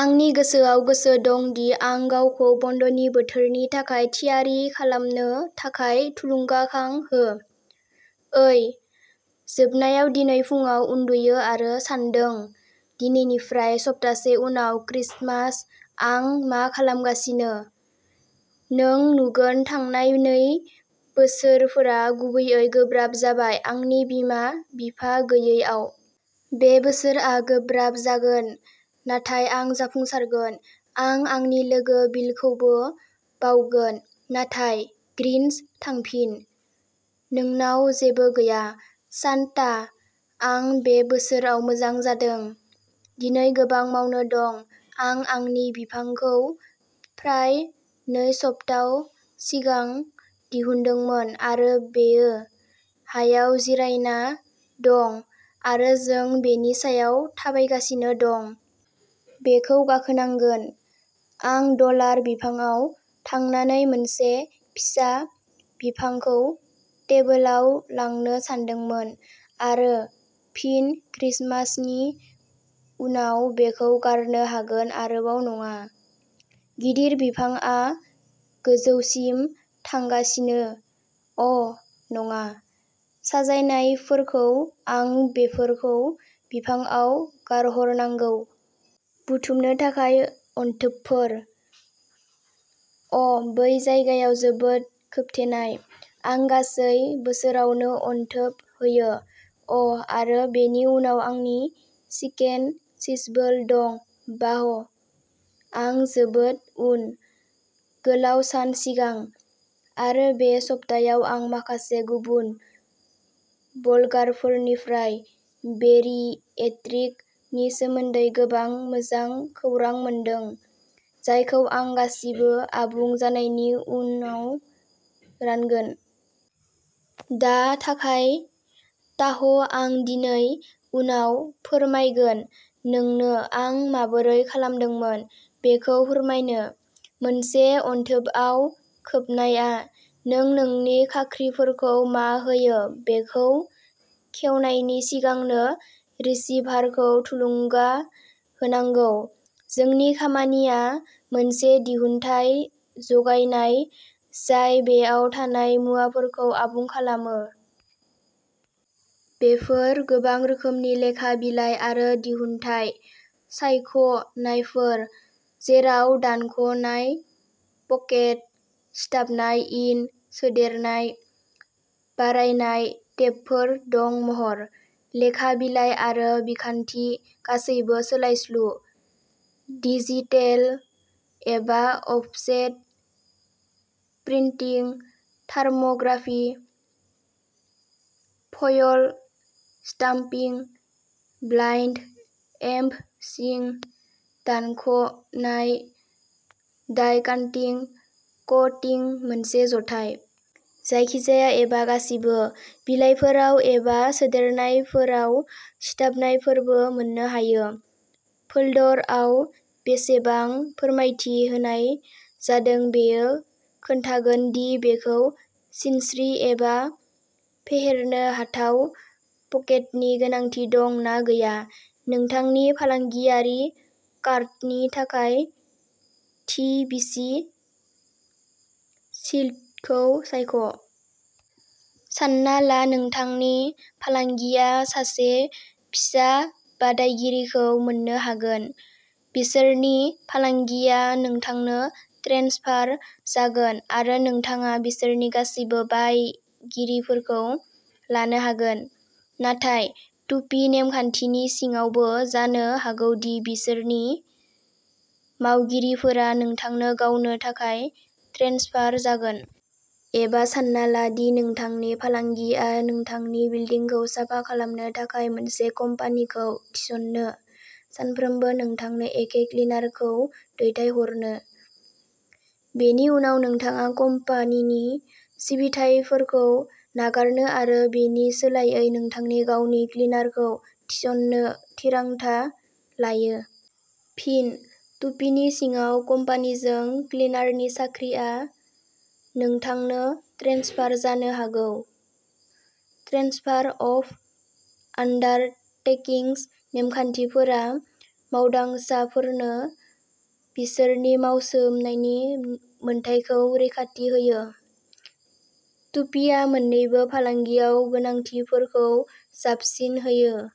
आंनि गोसोआव गोसो दं दि आं गावखौ बन्द'नि बोथोरनि थाखाय थियारि खालामनो थाखाय थुलुंगाखां हो। ओइ जोबनायाव दिनै फुंआव उन्दुयो आरो सान्दों दिनैनिफ्राय सप्तासे उनाव क्रिसमास, आं मा खालामगासिनो? नों नुगोन थांनाय नै बोसोरफोरा गुबैयै गोब्राब जाबाय आंनि बिमा-बिफा गैयैआव। बे बोसोरआ गोब्राब जागोन नाथाय आं जाफुंसारगोन। आं आंनि लोगो बिलखौबो बावगोन। नाथाय ग्रिन्च थांफिन, नोंनाव जेबो गैया। सान्ता आं बे बोसोराव मोजां जादों। दिनै गोबां मावनो दं, आं आंनि बिफांखौ फ्राय नै सप्ताह सिगां दिहुनदोंमोन आरो बेयो हायाव जिरायना दं आरो जों बेनि सायाव थाबायगासिनो दं। बेखौ गाखोनांगोन, आं डलार बिफांआव थांनानै मोनसे फिसा बिफांखौ टेबोलाव लांनो सानदोंमोन आरो फिन क्रिसमासनि उनाव बेखौ गारनो हागोन आरोबाव नङा। गिदिर बिफांआ गोजौसिम थांगासिनो, अ' नङा। साजायनायफोरखौ आं बेफोरखौ बिफांआव गारहरनांगौ। बुथुमनो थाखाय अनथोबफोर, अ' बै जायगायाव जोबोद खोबथेनाय। आं गासै बोसोरावनो अनथोब होयो। अ' आरो बेनि उनाव आंनि चिकेन चिजबोल दं बाह, आं जोबोद उन। गोलाव सान सिगां आरो बे सप्तायाव आं माखासे गुबुन ब्लगारफोरनिफ्राय बेरिएट्रिक नि सोमोन्दै गोबां मोजां खौरां मोनदों, जायखौ आं गासिबो आबुं जानायनि उनाव रानगोन। दा थाखाय ताह आं दिनै उनाव फोरमायगोन नोंनो आं माबोरै खालामदोंमोन बेखौ फोरमायनो। मोनसे अनथोबआव खोबनाया। नों नोंनि खाख्रिफोरखौ मा होयो, बेखौ खेवनायनि सिगांनो रिसीभारखौ थुलुंगा होनांगौ। जोंनि खामानिया मोनसे दिहुनथाय जगायनाय, जाय बेयाव थानाय मुवाफोरखौ आबुं खालामो। बेफोर गोबां रोखोमनि लेखा बिलाइ आरो दिहुनथाय सायख'नायफोर, जेराव दानख'नाय पकेट, सिथाबनाय इन सोदेरनाय, बारायनाय टेबफोर दं महर, लेखा बिलाइ आरो बिखान्थि गासैबो सोलायस्लु। डिजिटेल एबा offset printing, thermography, foil stamping, blind embossing, दानख'नाय, डाइ कानटिं, क'टिं मोनसे जथाय। जायखिजाया एबा गासिबो। बिलाइफोराव एबा सोदेरनायफोराव सिथाबनायफोरबो मोननो हायो। फोल्डोरआव बेसेबां फोरमायथि होनाय जादों बेयो खोन्थागोन दि बेखौ सिनस्रि एबा फेहेरनो हाथाव पकेटनि गोनांथि दं ना गैया। नोंथांनि फालांगियारि कार्डनि थाखाय थि बिसि स्लिटखौ सायख'। सानना ला नोंथांनि फालांगिया सासे फिसा बादायगिरिखौ मोन्नो हागोन। बिसोरनि फालांगिया नोंथांनो ट्रेन्सफार जागोन आरो नोंथाङा बिसोरनि गासिबो बायगिरिफोरखौ लानो हागोन। नाथाय टुपी नेमखान्थिनि सिङावबो जानो हागौ दि बिसोरनि मावगिरिफोरा नोंथांनो गावनो थाखाय ट्रेन्सफार जागोन। एबा सानना ला दि नोंथांनि फालांगिया नोंथांनि बिल्दिंखौ साफा खालामनो थाखाय मोनसे कम्पानिखौ थिसनो सानफ्रोमबो नोंथांनो एखे क्लिनारखौ दैथायहरनो। बेनि उनाव नोंथाङा कम्पानिनि सिबिथाइफोरखौ नागारनो आरो बेनि सोलायै नोंथांनि गावनि क्लिनारखौ थिसननो थिरांथा लायो। फिन, टुपीनि सिङाव, कम्पानिजों क्लिनारनि साख्रिआ नोंथांनो ट्रेन्सफार जानो हागौ। ट्रेन्सफार अफ आन्डारटेकिंग्स नेमखान्थिफोरा मावदांसाफोरनो बिसोरनि मावसोमनायनि मोन्थाइखौ रैखाथि होयो। टुपीआ मोन्नैबो फालांगियाव गोनांथिफोरखौ जाबसिन होयो।